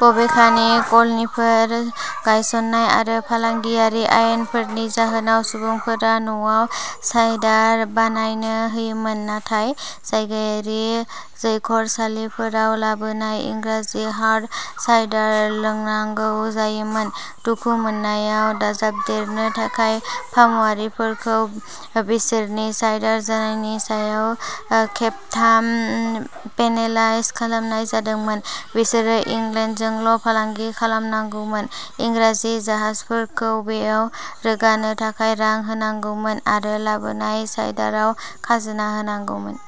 बबेखानि, कल'निफोर गायसन्नाय आरो फालांगियारि आयेनफोरनि जाहोनाव, सुबुंफोरा न'आव साइडार बानायनो हायोमोन, नाथाय जायगायारि जौखरसालिफोराव लाबोनाय इंराजि हार्ड साइडार लोंनांगौ जायोमोन। दुखु मोननायाव दाजाबदेरनो थाखाय, फामुआरिफोरखौ बिसोरनि साइडार जानायनि सायाव खेबथाम-पेनेलाइज खालामनाय जादोंमोनः बिसोरो इंलेन्डजोंल'फालांगि खालामनांगौमोन, इंराजि जाहाजफोरखौ बैयाव रोगानो थाखाय रां होनांगौमोन, आरो लाबोनाय साइडाराव खाजोना होनांगौमोन।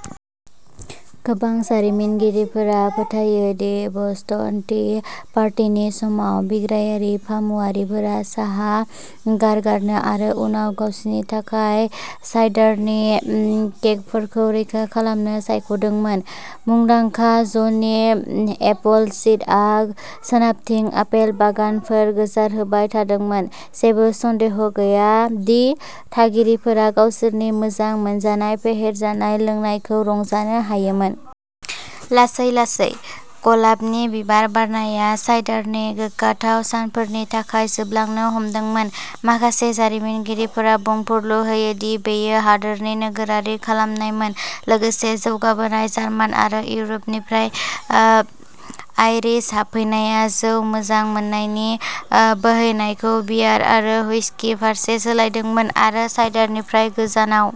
गोबां जारिमिनगिरिफोरा फोथायो दि बस्टन टी पार्टिनि समाव, बिग्रायारि फामुआरिफोरा साहा गारगारनो आरो उनाव गावसिनि थाखाय साइडारनि केगफोरखौ रैखा खालामनो सायख'दोंमोन। मुंदांखा जनि एपलसीडआ सोनाबथिं आपेल बागानफोर गोसारहोबाय थादोंमोन, जेबो सन्देह गैया दि थागिरिफोरा गावसोरनि मोजां मोनजानाय फेहेरजानाय लोंनायखौ रंजानो हायोमोन। लासै-लासै, गलाबनि बिबार बारनाया साइडारनि गोग्गाथाव सानफोरनि थाखाय जोबलांनो हमदोंमोन। माखासे जारिमिनगिरिफोरा बुंफुरलु होयो दि बेयो हादोरनि नोगोरारि खालामनायमोन, लोगोसे जौगाबोनाय जार्मान आरो इउर'पनिफ्राय आइरिश हाबफैनाया जौ मोजां मोननायनि बोहैनायखौ बियार आरो हुइस्कि फारसे सोलायदोंमोन, आरो साइडारनिफ्राय गोजानाव।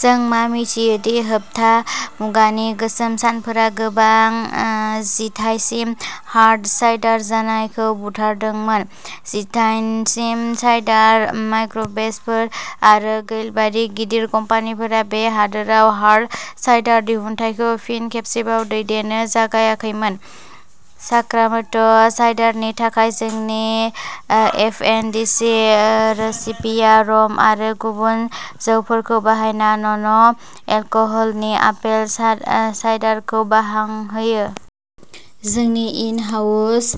जों मा मिथियो दि होबथा मुगानि गोसोम सानफोरा गोबां जिथायसिम हार्ड साइडार जानायखौ बुथारदोंमोन। जिथाइसिम साइडार माइक्र'बेचफोर आरो गैल'बायदि गिदिर कम्पानिफोरा बे हादोराव हार्ड साइडार दिहुनथायखौ फिन खेबसेबाव दैदेननो जागायाखैमोन। साक्रामेन्टो साइडारनि थाखाय जोंनि एफएनडिसि रेसिपिया रम आरो गुबुन जौफोरखौ बाहायना नन-एलकहलिक आपेल साइडारखौ बांहोयो। जोंनि इन-हाउस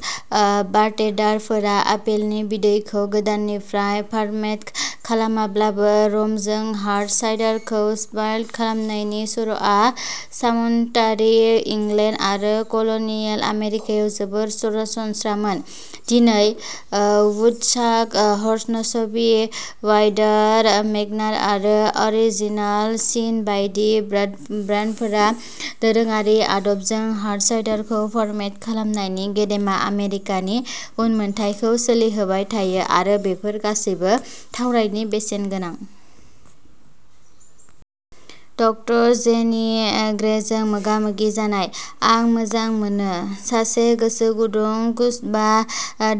बारटेन्डारफोरा आपेलनि बिदैखौ गोदाननिफ्राय फार्मेन्ट खालामाब्लाबो, रमजों हार्ड साइडारखौ स्पाइक खालामनायनि सर'आ सामन्तारि इंलेन्ड आरो कल'नियेल आमेरिकायाव जोबोद सरासनस्रामोन। दिनै, वुडचाक, हर्नसबि, वाइडार, मेग्नार आरो अरिजिनाल सिन बायदि ब्रान्डफोरा दोरोङारि आदबजों हार्ड साइडारखौ फार्मेन्ट खालामनायनि गेदेमा आमेरिकानि उनमोनथाइखौ सोलिहोबाय थायो, आरो बेफोर गासैबो थावनायनि बेसेन गोनां। ड. जेनी ग्रेजों मोगा-मोगि जानायः "आं मोजां मोनो। सासे गोसोगुदुं स्कुबा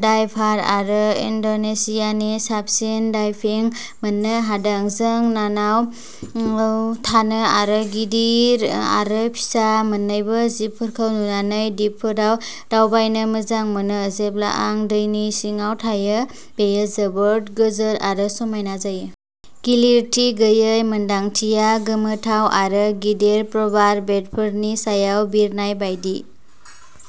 डाइभार आरो इन्ड'नेसियानि साबसिन डाइभिं मोननो हादों। जों नावाव थानो आरो गिदिर आरो फिसा मोन्नैबो जिबफोरखौ नुनानै दिपफोराव दावबायनो मोजां मोनो। जेब्ला आं दैनि सिङाव थायो, बेयो जोबोद गोजोन आरो समायना जायो। गिलिरथि गैयै मोन्दांथिया गोमोथाव आरो गिदिर प्रबाल बेडफोरनि सायाव बिरनाय बायदि।